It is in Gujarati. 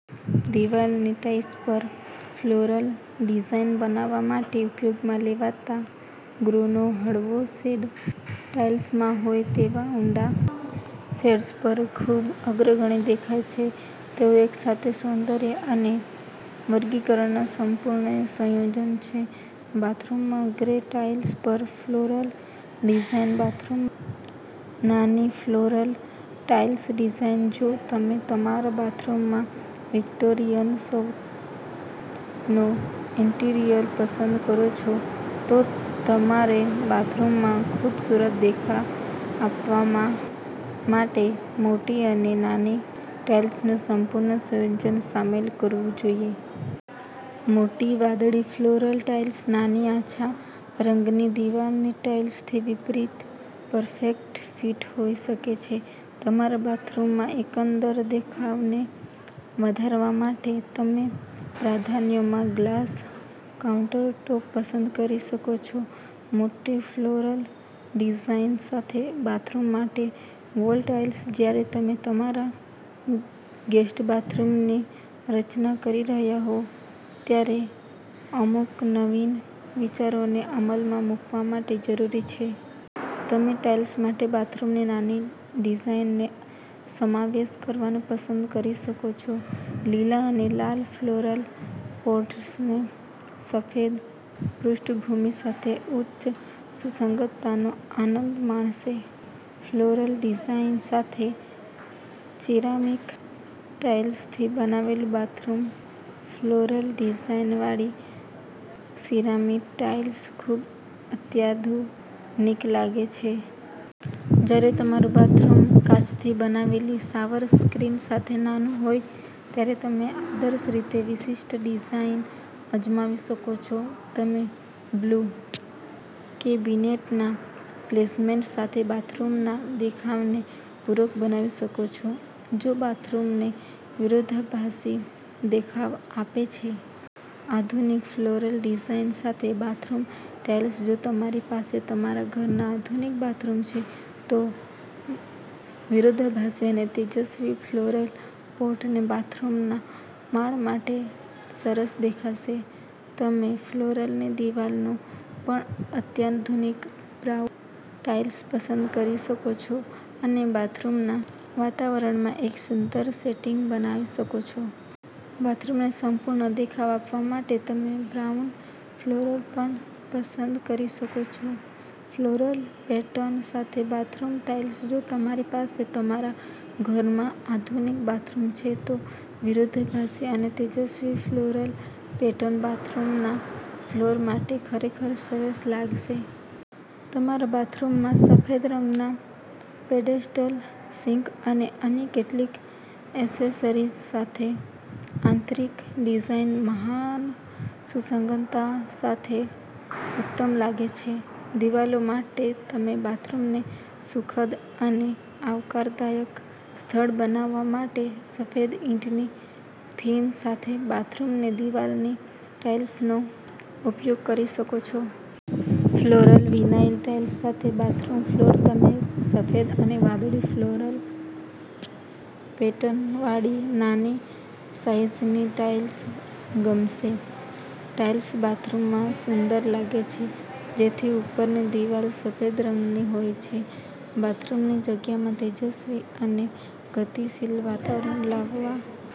દિવાલની ટાઇલ્સ પર ફ્લોરલ ડિઝાઇન બનાવવા માટે ઉપયોગમાં લેવાતા ગ્રેનો હળવો શેડ ટાઇલ્સમાં હોય તેવા ઊંડા ગ્રે શેડ્સ પર ખૂબ અગ્રણી દેખાય છે. તેઓ એકસાથે સૌંદર્ય અને વર્ગીકરણના સંપૂર્ણ સંયોજન છે. બાથરૂમમાં ગ્રે ટાઇલ્સ પર ફ્લોરલ ડિઝાઇન બાથરૂમ માટે નાની ફ્લોરલ ટાઇલ્સ ડિઝાઇન જો તમે તમારા બાથરૂમમાં વિક્ટોરિયન-શૈલીનું ઇન્ટિરિયર પસંદ કરો છો, તો તમારે બાથરૂમમાં ખૂબસૂરત દેખાવ આપવા માટે મોટી અને નાની ટાઇલ્સનું સંપૂર્ણ સંયોજન સામેલ કરવું જોઈએ. મોટી વાદળી ફ્લોર ટાઇલ્સ નાની આછા રંગની દિવાલની ટાઇલ્સથી વિપરીત પરફેક્ટ ફિટ હોઈ શકે છે. તમારા બાથરૂમના એકંદર દેખાવને વધારવા માટે તમે પ્રાધાન્યમાં ગ્લાસ કાઉન્ટરટૉપ પસંદ કરી શકો છો. મોટી ફ્લોરલ ડિઝાઇન સાથે બાથરૂમ માટે વોલ ટાઇલ્સ જ્યારે તમે તમારા ગેસ્ટ બાથરૂમની રચના કરી રહ્યા હો, ત્યારે અમુક નવીન વિચારોને અમલમાં મૂકવા માટે જરૂરી છે. તમે ટાઇલ્સ માટે બાથરૂમની નાની ડિઝાઇનનો સમાવેશ કરવાનું પસંદ કરી શકો છો. લીલા અને લાલ ફ્લોરલ પેટર્ન સફેદ પૃષ્ઠભૂમિ સાથે ઉચ્ચ સુસંગતતાનો આનંદ માણશે. ફ્લોરલ ડિઝાઇન સાથે સિરામિક ટાઇલ્સથી બનેલું બાથરૂમ ફ્લોરલ ડિઝાઇનવાળી સિરામિક ટાઇલ્સ ખૂબ અત્યાધુનિક લાગે છે. જ્યારે તમારું બાથરૂમ કાચની બનેલી શાવર સ્ક્રીન સાથે નાનું હોય, ત્યારે તમે આદર્શ રીતે વિશિષ્ટ ડિઝાઇન અજમાવી શકો છો. તમે બ્લુ કેબિનેટના પ્લેસમેન્ટ સાથે બાથરૂમના દેખાવને પૂરક બનાવી શકો છો, જે બાથરૂમને વિરોધાભાસી દેખાવ આપે છે. આધુનિક ફ્લોરલ ડિઝાઇન સાથે બાથરૂમ ટાઇલ્સ જો તમારી પાસે તમારા ઘરમાં આધુનિક બાથરૂમ છે, તો વિરોધાભાસી અને તેજસ્વી ફ્લોરલ પેટર્ન બાથરૂમના માળ માટે સરસ દેખાશે. તમે ફ્લોરની દિવાલો પર અત્યાધુનિક બ્રાઉન ટાઇલ્સ પસંદ કરી શકો છો અને બાથરૂમના વાતાવરણમાં એક સુંદર સેટિંગ બનાવી શકો છો. બાથરૂમને સંપૂર્ણ દેખાવ આપવા માટે તમે બ્રાઉન ફ્લોર પણ પસંદ કરી શકો છો. ફ્લોરલ પેટર્ન સાથે બાથરૂમ ટાઇલ્સ જો તમારી પાસે તમારા ઘરમાં આધુનિક બાથરૂમ છે, તો વિરોધાભાસી અને તેજસ્વી ફ્લોરલ પેટર્ન બાથરૂમના ફ્લોર માટે ખરેખર સરસ લાગશે. તમારા બાથરૂમમાં સફેદ રંગમાં પેડેસ્ટલ સિંક અને અન્ય કેટલીક એસેસરીઝ સાથે, આંતરિક ડિઝાઇન મહાન સુસંગતતા સાથે ઉત્તમ લાગે છે. દિવાલો માટે, તમે બાથરૂમને સુખદ અને આવકારદાયક સ્થળ બનાવવા માટે સફેદ-ઈંટની થીમ સાથે બાથરૂમની દિવાલની ટાઇલ્સનો ઉપયોગ કરી શકો છો. ફ્લોરલ વિનાઇલ ટાઇલ્સ સાથે બાથરૂમ ફ્લોર તમને સફેદ અને વાદળી ફ્લોરલ પેટર્નવાળી નાની સાઇઝની ટાઇલ્સ ગમશે. ટાઇલ્સ બાથરૂમમાં સુંદર લાગે છે, જેની ઉપરની દિવાલ સફેદ રંગની હોય છે. બાથરૂમની જગ્યામાં તેજસ્વી અને ગતિશીલ વાતાવરણ લાવવા